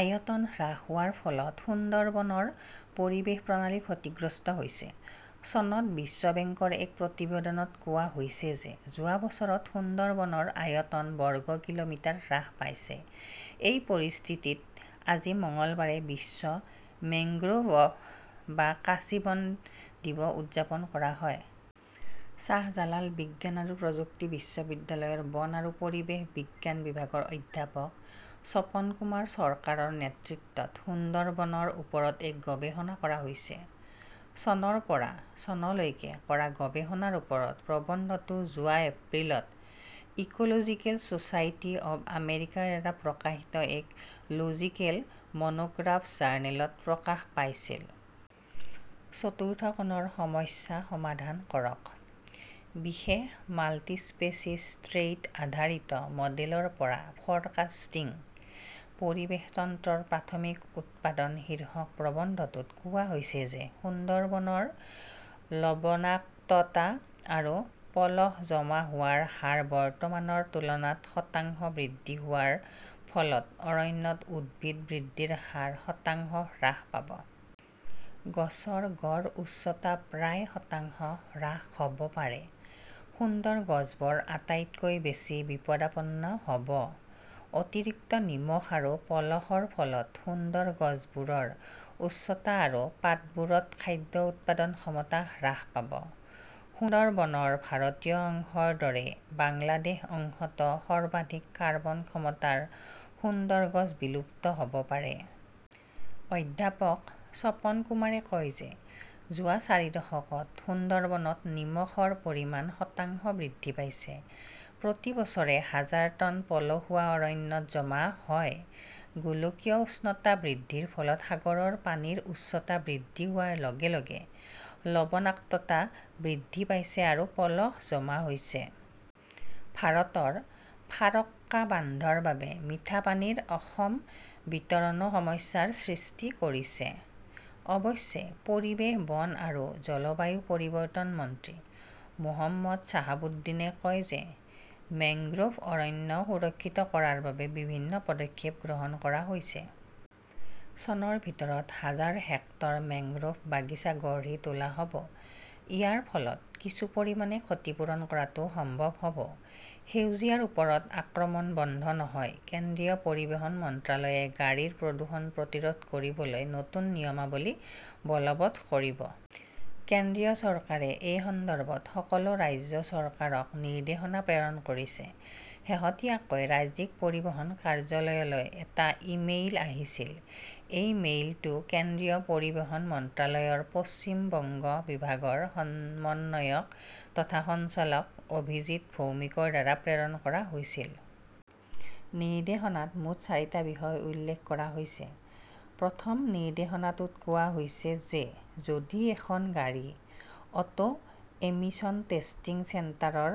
আয়তন হ্ৰাস হোৱাৰ ফলত সুন্দৰবনৰ পৰিৱেশ প্ৰণালী ক্ষতিগ্ৰস্ত হৈছে। চনত বিশ্ব বেংকৰ এক প্ৰতিবেদনত কোৱা হৈছে যে যোৱা বছৰত সুন্দৰবনৰ আয়তন বৰ্গ কিলোমিটাৰ হ্ৰাস পাইছে। এই পৰিস্থিতিত, আজি মঙলবাৰে বিশ্ব মেংগ্ৰোভ বা কাঁচি বন দিৱস উদযাপন কৰা হয়। শ্বাহজালাল বিজ্ঞান আৰু প্ৰযুক্তি বিশ্ববিদ্যালয়ৰ বন আৰু পৰিৱেশ বিজ্ঞান বিভাগৰ অধ্যাপক স্বপন কুমাৰ চৰকাৰৰ নেতৃত্বত সুন্দৰবনৰ ওপৰত এক গৱেষণা কৰা হৈছে। চনৰ পৰা ' চনলৈকে কৰা গৱেষণাৰ ওপৰত প্ৰবন্ধটো যোৱা এপ্ৰিলত "ecological society of আমেৰিকাৰ দ্বাৰা প্ৰকাশিত এক "লজিকেল মনোগ্ৰাফছ জাৰ্নেলত প্ৰকাশ পাইছিল। 'চতুৰ্থ কোণৰ সমস্যা সমাধান কৰকঃ বিশেষ মাল্টিস্পেচিছ ট্ৰেইট-আধাৰিত মডেলৰ পৰা ফৰকাষ্টিং পৰিৱেশ তন্ত্ৰৰ প্ৰাথমিক উৎপাদন "শীৰ্ষক প্ৰবন্ধটোত কোৱা হৈছে যে সুন্দৰবনৰ লবণাক্ততা আৰু পলস জমা হোৱাৰ হাৰ বৰ্তমানৰ তুলনাত শতাংশ বৃদ্ধি হোৱাৰ ফলত অৰণ্যত উদ্ভিদ বৃদ্ধিৰ হাৰ শতাংশ হ্ৰাস পাব। গছৰ গড় উচ্চতা প্ৰায় শতাংশ হ্ৰাস হ "ব পাৰে। সুন্দৰ গছবোৰ আটাইতকৈ বেছি বিপদাপন্ন হ 'ব। অতিৰিক্ত নিমখ আৰু পলসৰ ফলত সুন্দৰ গছবোৰৰ উচ্চতা আৰু পাতবোৰত খাদ্য উৎপাদন ক্ষমতা হ্ৰাস পাব। সুন্দৰবনৰ ভাৰতীয় অংশৰ দৰে বাংলাদেশ অংশতো সৰ্বাধিক কাৰ্বন ক্ষমতাৰ সুন্দৰ গছ বিলুপ্ত হ "ব পাৰে। অধ্যাপক স্বপন কুমাৰে কয় যে যোৱা চাৰি দশকত সুন্দৰবনত নিমখৰ পৰিমাণ শতাংশ বৃদ্ধি পাইছে। প্ৰতি বছৰে হাজাৰ টন পলসুৱা অৰণ্যত জমা হয়। গোলকীয় উষ্ণতা বৃদ্ধিৰ ফলত সাগৰৰ পানীৰ উচ্চতা বৃদ্ধি হোৱাৰ লগে লগে লবণাক্ততা বৃদ্ধি পাইছে আৰু পলস জমা হৈছে। ভাৰতৰ ফাৰক্কা বান্ধৰ বাবে মিঠা পানীৰ অসম বিতৰণো সমস্যাৰ সৃষ্টি কৰিছে। অৱশ্যে, পৰিৱেশ, বন আৰু জলবায়ু পৰিৱৰ্তন মন্ত্ৰী মো. শ্বাহাব উদ্দীনে কয় যে মেংগ্ৰোভ অৰণ্য সুৰক্ষিত কৰাৰ বাবে বিভিন্ন পদক্ষেপ গ্ৰহণ কৰা হৈছে। চনৰ ভিতৰত হাজাৰ হেক্টৰ মেংগ্ৰোভ বাগিচা গঢ়ি তোলা হ 'ব। ইয়াৰ ফলত কিছু পৰিমাণে ক্ষতি পূৰণ কৰাটো সম্ভৱ হ "ব। সেউজীয়াৰ ওপৰত আক্ৰমণ বন্ধ নহয় কেন্দ্ৰীয় পৰিবহণ মন্ত্ৰালয়ে গাড়ীৰ প্ৰদূষণ প্ৰতিৰোধ কৰিবলৈ নতুন নিয়মাৱলী বলৱৎ কৰিব। কেন্দ্ৰীয় চৰকাৰে এই সন্দৰ্ভত সকলো ৰাজ্য চৰকাৰক নিৰ্দেশনা প্ৰেৰণ কৰিছে। শেহতীয়াকৈ ৰাজ্যিক পৰিবহণ কাৰ্যালয়লৈ এটা ইমেইল আহিছিল। এই মেইলটো কেন্দ্ৰীয় পৰিবহণ মন্ত্ৰালয়ৰ পশ্চিম বংগ বিভাগৰ সমন্বয়ক তথা সঞ্চালক অভিজিৎ ভৌমিকৰ দ্বাৰা প্ৰেৰণ কৰা হৈছিল। নিৰ্দেশনাত মুঠ চাৰিটা বিষয় উল্লেখ কৰা হৈছে। প্ৰথম নিৰ্দেশনাটোত কোৱা হৈছে যে যদি এখন গাড়ী 'অটো এমিশন টেষ্টিং চেণ্টাৰ' ৰ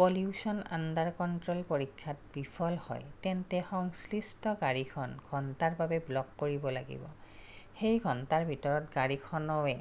'পলিউশ্যন আণ্ডাৰ কণ্ট্ৰল' পৰীক্ষাত বিফল হয়, তেন্তে সংশ্লিষ্ট গাড়ীখন ঘণ্টাৰ বাবে ব্লক কৰিব লাগিব। সেই ঘণ্টাৰ ভিতৰত গাড়ীখনৱে